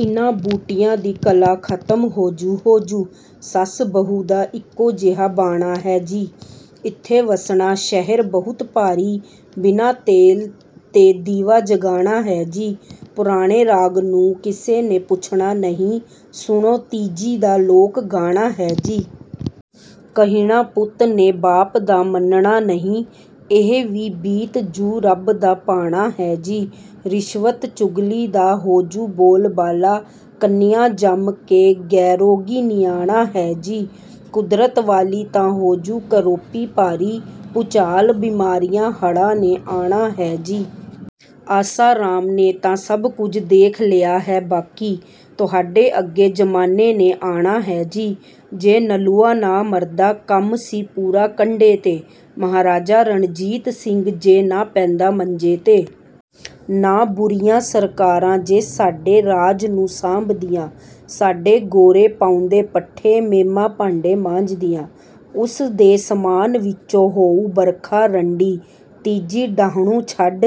ਇਨ੍ਹਾਂ ਬੂਟੀਆਂ ਦੀ ਕਲਾ ਖਤਮ ਹੋਜੂ ਹੋਜੂ ਸੱਸ ਬਹੂ ਦਾ ਇੱਕੋ ਜਿਹਾ ਬਾਣਾ ਹੈ ਜੀ। ਇੱਥੇ ਵਸਣਾ ਸ਼ਹਿਰ ਬਹੁਤ ਭਾਰੀ ਬਿਨਾਂ ਤੇਲ ਤੇ ਦੀਵਾ ਜਗਾਣਾ ਹੈ ਜੀ। ਪੁਰਾਣੇ ਰਾਗ ਨੂੰ ਕਿਸੇ ਨੇ ਪੁੱਛਣਾ ਨਹੀਂ ਸੁਣੋ ਤੀਜੀ ਦਾ ਲੋਕ ਗਾਣਾ ਹੈ ਜੀ। ਕਹਿਣਾ ਪੁੱਤ ਨੇ ਬਾਪ ਦਾ ਮੰਨਣਾ ਨਹੀਂ ਇਹ ਵੀ ਬੀਤ ਜੂ ਰੱਬ ਦਾ ਭਾਣਾ ਹੈ ਜੀ। ਰਿਸ਼ਵਤ ਚੁਗਲੀ ਦਾ ਹੋਜੂ ਬੋਲ ਬਾਲਾ ਕੰਨਿਆ ਜੰਮ ਕੇ ਗੇਰੋ ਗੀ ਨਿਆਣਾ ਹੈ ਜੀ। ਕੁਦਰਤ ਵਾਲੀ ਤਾਂ ਹੋਜੂ ਕਰੋਪੀ ਭਾਰੀ ਭੁਚਾਲ ਬਿਮਾਰੀਆਂ ਹੜਾਂ ਨੇ ਆਣਾ ਹੈ ਜੀ। ਆਸਾ ਰਾਮ ਨੇ ਤਾਂ ਸਭ ਕੁਝ ਦੇਖ ਲਿਆ ਹੈ ਬਾਕੀ ਤੁਹਾਡੇ ਅੱਗੇ ਜਮਾਨੇ ਨੇ ਆਣਾ ਹੈ ਜੀ। ਜੇ ਨਲੂਆ ਨਾ ਮਰਦਾ ਕੰਮ ਸੀ ਪੂਰਾ ਕੰਢੇ ਤੇ। ਮਹਾਰਾਜਾ ਰਣਜੀਤ ਸਿੰਘ ਜੇ ਨਾ ਪੈਂਦਾ ਮੰਜੇ ਤੇ। ਨਾ ਬੁਰੀਆਂ ਸਰਕਾਰਾਂ ਜੇ ਸਾਡੇ ਰਾਜ ਨੂੰ ਸਾਂਭਦੀਆਂ। ਸਾਡੇ ਗੋਰੇ ਪਾਉਂਦੇ ਪੱਠੇ ਮੇਮਾਂ ਭਾਂਡੇ ਮਾਂਜਦੀਆਂ। ਉਸ ਦੇ ਸਮਾਨ ਵਿੱਚੋਂ ਹੋਊ ਬਰਖਾ ਰੰਡੀ ਤੀਜੀ ਡਾਹੁਣੋਂ ਛੱਡ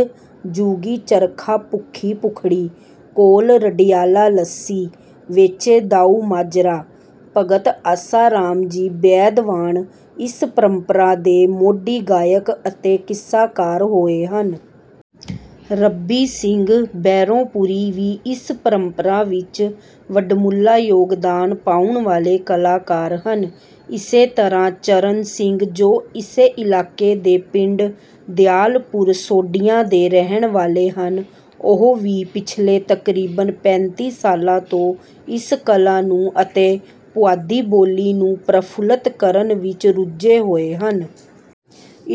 ਜੂ ਗੀ ਚਰਖਾ ਭੁੱਖੀ ਭੁਖੜੀ ਕੋਲ ਰਡਿਆਲਾ ਲੱਸੀ ਵੇਚੇ ਦਾਊ ਮਾਜਰਾ ਭਗਤ ਆਸਾ ਰਾਮ ਜੀ ਬੈਦਵਾਣ ਇਸ ਪਰੰਪਰਾ ਦੇ ਮੋਢੀ ਗਾਇਕ ਅਤੇ ਕਿੱਸਾਕਾਰ ਹੋਏ ਹਨ। ਰੱਬੀ ਸਿੰਘ ਬੈਂਰੋਂਪੁਰੀ ਵੀ ਇਸ ਪਰੰਪਰਾ ਵਿੱਚ ਵਡਮੁੱਲਾ ਯੋਗਦਾਨ ਪਾਉਣ ਵਾਲੇ ਕਲਾਕਾਰ ਹਨ। ਇਸੇ ਤਰ੍ਹਾਂ ਚਰਨ ਸਿੰਘ ਜੋ ਇਸੇ ਇਲਾਕੇ ਦੇ ਪਿੰਡ ਦਿਆਲਪੁਰ ਸੋਢੀਆਂ ਦੇ ਰਹਿਣ ਵਾਲੇ ਹਨ ਉਹ ਵੀ ਪਿਛਲੇ ਤਕਰੀਬਨ ਪੈਂਤੀ ਸਾਲਾਂ ਤੋਂ ਇਸ ਕਲਾ ਨੂੰ ਅਤੇ ਪੁਆਧੀ ਬੋਲੀ ਨੂੰ ਪ੍ਰਫੁੱਲਤ ਕਰਨ ਵਿੱਚ ਰੁਝੇ ਹੋਏ ਹਨ।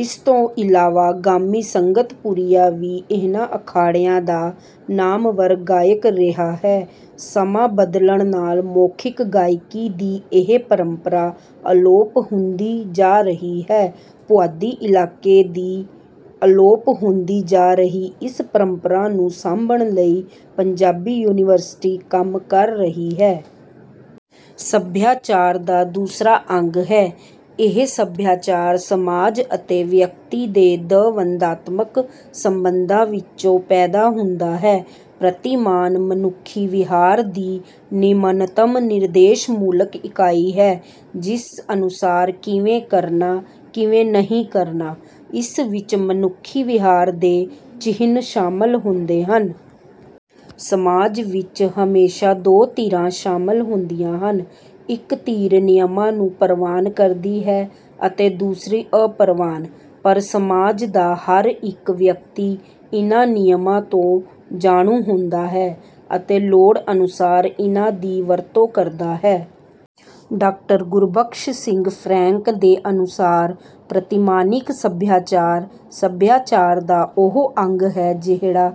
ਇਸ ਤੋਂ ਇਲਾਵਾ ਗਾਮੀ ਸੰਗਤਪੁਰੀਆ ਵੀ ਇਹਨਾਂ ਅਖਾੜਿਆਂ ਦਾ ਨਾਮਵਰ ਗਾਇਕ ਰਿਹਾ ਹੈ। ਸਮਾਂ ਬਦਲਣ ਨਾਲ ਮੌਖਿਕ ਗਾਇਕੀ ਦੀ ਇਹ ਪਰੰਪਰਾ ਅਲੋਪ ਹੁੰਦੀ ਜਾ ਰਹੀ ਹੈ। ਪੁਆਧੀ ਇਲਾਕੇ ਦੀ ਅਲੋਪ ਹੁੰਦੀ ਜਾ ਰਹੀ ਇਸ ਪਰੰਪਰਾ ਨੂੰ ਸਾਂਭਣ ਲਈ ਪੰਜਾਬੀ ਯੂਨੀਵਰਸਿਟੀ ਕੰਮ ਕਰ ਰਹੀ ਹੈ। ਸਭਿਆਚਾਰ ਦਾ ਦੂਸਰਾ ਅੰਗ ਹੈ। ਇਹ ਸਭਿਆਚਾਰ ਸਮਾਜ ਅਤੇ ਵਿਅਕਤੀ ਦੇ ਦਵੰਦਾਤਮਕ ਸੰਬੰਧਾਂ ਵਿੱਚੋਂ ਪੈਦਾ ਹੁੰਦਾ ਹੈ। ਪ੍ਰਤਿਮਾਨ ਮਨੁੱਖੀ ਵਿਹਾਰ ਦੀ ਨਿਮਨਤਮ ਨਿਰਦੇਸ਼ਮੂਲਕ ਇਕਾਈ ਹੈ ਜਿਸ ਅਨੁਸਾਰ ਕਿਵੇਂ ਕਰਨਾ ਕਿਵੇਂ ਨਹੀਂ ਕਰਨਾ। ਇਸ ਵਿੱਚ ਮਨੁੱਖੀ ਵਿਹਾਰ ਦੇ ਚਿਹਨ ਸ਼ਾਮਲ ਹੁੰਦੇ ਹਨ। ਸਮਾਜ ਵਿੱਚ ਹਮੇਸ਼ਾ ਦੋ ਧਿਰਾਂ ਸ਼ਾਮਲ ਹੁੰਦੀਆਂ ਹਨ ਇੱਕ ਧਿਰ ਨਿਯਮਾਂ ਨੂੰ ਪਰਵਾਨ ਕਰਦੀ ਹੈ ਅਤੇ ਦੂਸਰੀ ਅਪਰਵਾਨ। ਪਰ ਸਮਾਜ ਦਾ ਹਰ ਇੱਕ ਵਿਅਕਤੀ ਇਨ੍ਹਾਂ ਨਿਯਮਾਂ ਤੋਂ ਜਾਣੂ ਹੁੰਦਾ ਹੈ ਅਤੇ ਲੋੜ ਅਨੁਸਾਰ ਇਨ੍ਹਾਂ ਦੀ ਵਰਤੋਂ ਕਰਦਾ ਹੈ। ਡਾਕਟਰ ਗੁਰਬਖਸ਼ ਸਿੰਘ ਫਰੈਂਕ ਦੇ ਅਨੁਸਾਰ ਪ੍ਰਤਿਮਾਨਿਕ ਸਭਿਆਚਾਰ ਸਭਿਆਚਾਰ ਦਾ ਉਹ ਅੰਗ ਹੈ ਜਿਹੜਾ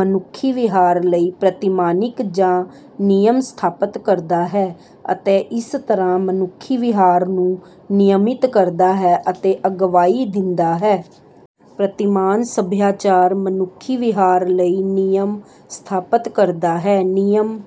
ਮਨੁੱਖੀ ਵਿਹਾਰ ਲਈ ਪ੍ਰਤਿਮਾਨਿਕ ਜਾਂ ਨਿਯਮ ਸਥਾਪਤ ਕਰਦਾ ਹੈ ਅਤੇ ਇਸ ਤਰ੍ਹਾਂ ਮਨੁੱਖੀ ਵਿਹਾਰ ਨੂੰ ਨਿਯਮਿਤ ਕਰਦਾ ਹੈ ਅਤੇ ਅਗਵਾਈ ਦਿੰਦਾ ਹੈ। ਪ੍ਰਤਿਮਾਨ ਸਭਿਆਚਾਰ ਮਨੁੱਖੀ ਵਿਹਾਰ ਲਈ ਨਿਯਮ ਸਥਾਪਤ ਕਰਦਾ ਹੈ। ਨਿਯਮ